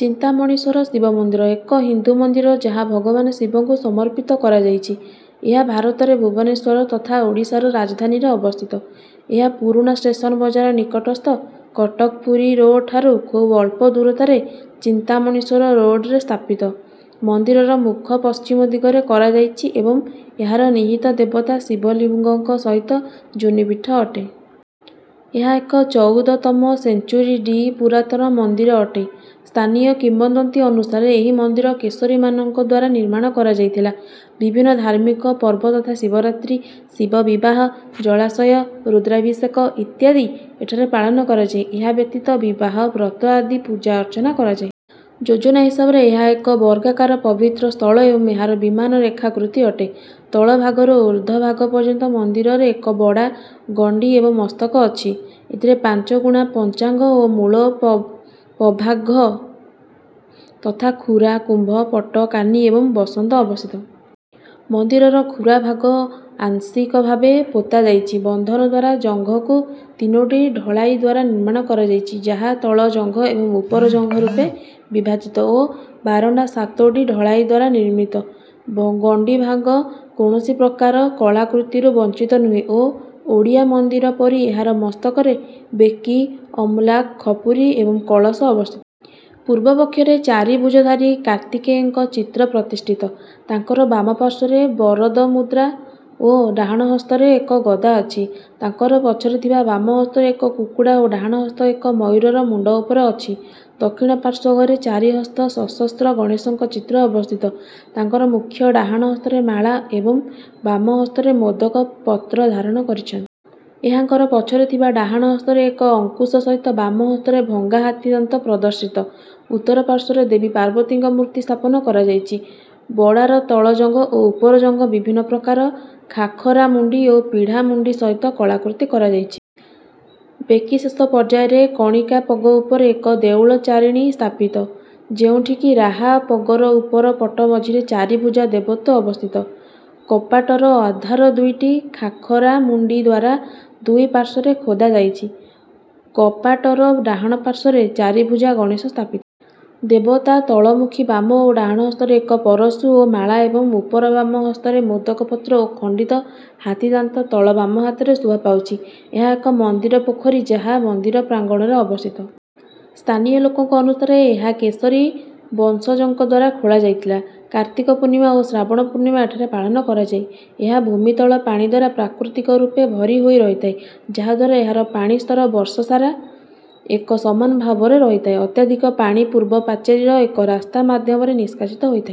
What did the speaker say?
ଚିନ୍ତାମଣିଶ୍ୱର ଶିବ ମନ୍ଦିର ଏକ ହିନ୍ଦୁ ମନ୍ଦିର ଯାହା ଭଗବାନ ଶିବଙ୍କୁ ସମର୍ପିତ କରାଯାଇଛି। ଏହା ଭାରତରେ ଭୁବନେଶ୍ୱର, ତଥା ଓଡ଼ିଶାର ରାଜଧାନୀରେ ଅବସ୍ଥିତ। ଏହା ପୁରୁଣା ଷ୍ଟେସନ ବଜାର ନିକଟସ୍ଥ କଟକ-ପୁରୀ ରୋଡ ଠାରୁ ଖୁବ ଅଳ୍ପ ଦୂରତାରେ ଚିନ୍ତାମଣିଶ୍ୱର ରୋଡରେ ସ୍ଥାପିତ। ମନ୍ଦିରର ମୁଖ ପଶ୍ଚିମ ଦିଗରେ କରାଯାଇଛି ଏବଂ ଏହାର ନିହିତ ଦେବତା ଶିବ ଲିଙ୍ଗଙ୍କ ସହିତ ଯୋନୀପୀଠ ଅଟେ। ଏହା ଏକ ଚଉଦ ତମ ସେଞ୍ଚୁରୀ ଡି. ପୁରାତନ ମନ୍ଦିର ଅଟେ। ସ୍ଥାନୀୟ କିମ୍ବଦନ୍ତୀ ଅନୁସାରେ ଏହି ମନ୍ଦିର କେଶରୀ ମାନଙ୍କ ଦ୍ୱାରା ନିର୍ମାଣ କରାଯାଇଥିଲା। ବିଭିନ୍ନ ଧାର୍ମିକ ପର୍ବ ତଥା ଶିବରାତ୍ରି, ଶିବ ବିବାହ, ଜଳାଶୟ, ରୁଦ୍ରାଭିଷେକ, ଇତ୍ୟାଦି ଏଠାରେ ପାଳନ କରାଯାଏ। ଏହା ବ୍ୟତୀତ ବିବାହ, ବ୍ରତ ଆଦି ପୂଜା ଅର୍ଚ୍ଚନା କରାଯାଏ। ଯୋଜନା ହିସାବରେ ଏହା ଏକ ବର୍ଗାକାର ପବିତ୍ର ସ୍ଥଳ ଏବଂ ଏହାର ବିମାନ ରେଖା କୃତି ଅଟେ। ତଳ ଭାଗରୁ ଉର୍ଦ୍ଧ ଭାଗ ପର୍ଯ୍ୟନ୍ତ ମନ୍ଦିରରେ ଏକ ବଡ଼ା, ଗଣ୍ଡି ଏବଂ ମସ୍ତକ ଅଛି। ଏଥିରେ ପାଞ୍ଚ ଗୁଣ ପଞ୍ଚାଙ୍ଗ ଓ ମୂଳ ପଭାଗ ତଥା ଖୁରା, କୁମ୍ଭ, ପଟ, କାନି ଏବଂ ବସନ୍ତ ଅବସ୍ଥିତ। ମନ୍ଦିରର ଖୁରା ଭାଗ ଆଂଶିକ ଭାବେ ପୋତା ଯାଇଛି। ବନ୍ଧନ ଦ୍ୱାରା ଜଙ୍ଘକୁ ତିନୋଟି ଢଳାଇ ଦ୍ୱାରା ନିର୍ମାଣ କରାଯାଇଛି, ଯାହା ତଳ ଜଙ୍ଘ ଏବଂ ଉପର ଜଙ୍ଘ ରୂପେ ବିଭାଜିତ ଓ ବାରଣ୍ଡା ସାତୋଟି ଢଳାଇ ଦ୍ୱାରା ନିର୍ମିତ। ଗଣ୍ଡି ଭାଗ କୌଣସି ପ୍ରକାର କଳାକୃତିରୁ ବଞ୍ଚିତ ନୁହେଁ ଓ ଓଡ଼ିଆ ମନ୍ଦିର ପରି ଏହାର ମସ୍ତକରେ ବେକି, ଅମଲାକ, ଖପୁରି ଏବଂ କଳସ ଅବସ୍ଥିତ। ପୂର୍ବ ପକ୍ଷରେ ଚାରି ଭୁଜଧାରୀ କାର୍ତ୍ତିକେୟଙ୍କ ଚିତ୍ର ପ୍ରତିଷ୍ଠିତ। ତାଙ୍କର ବାମ ପାର୍ଶ୍ୱରେ ବରଦମୁଦ୍ରା ଓ ଡାହାଣ ହସ୍ତରେ ଏକ ଗଦା ଅଛି। ତାଙ୍କର ପଛରେ ଥିବା ବାମ ହସ୍ତରେ ଏକ କୁକୁଡ଼ା ଓ ଡାହାଣ ହସ୍ତ ଏକ ମୟୂରର ମୁଣ୍ଡ ଉପରେ ଅଛି। ଦକ୍ଷିଣ ପାର୍ଶ୍ୱ ଘରେ ଚାରି ହସ୍ତ ସଶସ୍ତ୍ର ଗଣେଶଙ୍କ ଚିତ୍ର ଅବସ୍ଥିତ, ତାଙ୍କର ମୁଖ୍ୟ ଡାହାଣ ହସ୍ତରେ ମାଳା ଏବଂ ବାମ ହସ୍ତରେ ମୋଦକ ପତ୍ର ଧାରଣ କରିଛନ୍ତି। ଏହାଙ୍କର ପଛରେ ଥିବା ଡାହାଣ ହସ୍ତରେ ଏକ ଅଙ୍କୁଶ ସହିତ ବାମ ହସ୍ତରେ ଭଙ୍ଗା ହାତୀ ଦାନ୍ତ ପ୍ରଦର୍ଶିତ। ଉତ୍ତର ପାର୍ଶ୍ୱରେ ଦେବୀ ପାର୍ବତୀଙ୍କ ମୂର୍ତ୍ତି ସ୍ଥାପନ କରାଯାଇଛି। ବଡ଼ାର ତଳ ଜଙ୍ଘ ଓ ଉପର ଜଙ୍ଘ ବିଭିନ୍ନ ପ୍ରକାର ଖାଖରା ମୁଣ୍ଡି ଓ ପିଢ଼ା ମୁଣ୍ଡି ସହିତ କଳାକୃତି କରାଯାଇଛି। ବେକି ଶେଷ ପର୍ଯ୍ୟାୟରେ କଣିକା ପଗ ଉପରେ ଏକ ଦେଉଳ ଚାରିଣୀ ସ୍ଥାପିତ, ଯେଉଁଠି କି ରାହା ପଗର ଉପର ପଟ ମଝିରେ ଚାରି ଭୁଜା ଦେବତ୍ୱ ଅବସ୍ଥିତ। କପାଟର ଆଧାର ଦୁଇଟି ଖାଖରା ମୁଣ୍ଡି ଦ୍ୱାରା ଦୁଇ ପାର୍ଶ୍ୱରେ ଖୋଦା ଯାଇଛି। କପାଟର ଡାହାଣ ପାର୍ଶ୍ୱରେ ଚାରି ଭୁଜା ଗଣେଶ ସ୍ଥାପିତ। ଦେବତା ତଳମୁଖୀ ବାମ ଓ ଡାହାଣ ହସ୍ତରେ ଏକ ପରଶୁ ଓ ମାଳା ଏବଂ ଉପର ବାମ ହସ୍ତରେ ମୋଦକ ପତ୍ର ଓ ଖଣ୍ଡିତ ହାତୀ ଦାନ୍ତ ତଳ ବାମ ହାତରେ ଶୋଭା ପାଉଛି। ଏହା ଏକ ମନ୍ଦିର ପୋଖରୀ ଯାହା ମନ୍ଦିର ପ୍ରାଙ୍ଗଣରେ ଅବସ୍ଥିତ। ସ୍ଥାନୀୟ ଲୋକଙ୍କ ଅନୁସାରେ ଏହା କେଶରୀ ବଂଶଜଙ୍କ ଦ୍ୱାରା ଖୋଳା ଯାଇଥିଲା। କାର୍ତ୍ତିକ ପୂର୍ଣ୍ଣିମା ଓ ଶ୍ରାବଣ ପୂର୍ଣ୍ଣିମା ଏଠାରେ ପାଳନ କରାଯାଏ। ଏହା ଭୂମିତଳ ପାଣି ଦ୍ୱାରା ପ୍ରାକୃତିକ ରୂପେ ଭରି ହୋଇ ରହିଥାଏ, ଯାହା ଦ୍ୱାରା ଏହାର ପାଣି ସ୍ତର ବର୍ଷସାରା ଏକ ସମାନ ଭାବରେ ରହିଥାଏ। ଅତ୍ୟାଧିକ ପାଣି ପୂର୍ବ ପାଚେରୀର ଏକ ରାସ୍ତା ମାଧ୍ୟମରେ ନିଷ୍କାସିତ ହୋଇଥାଏ।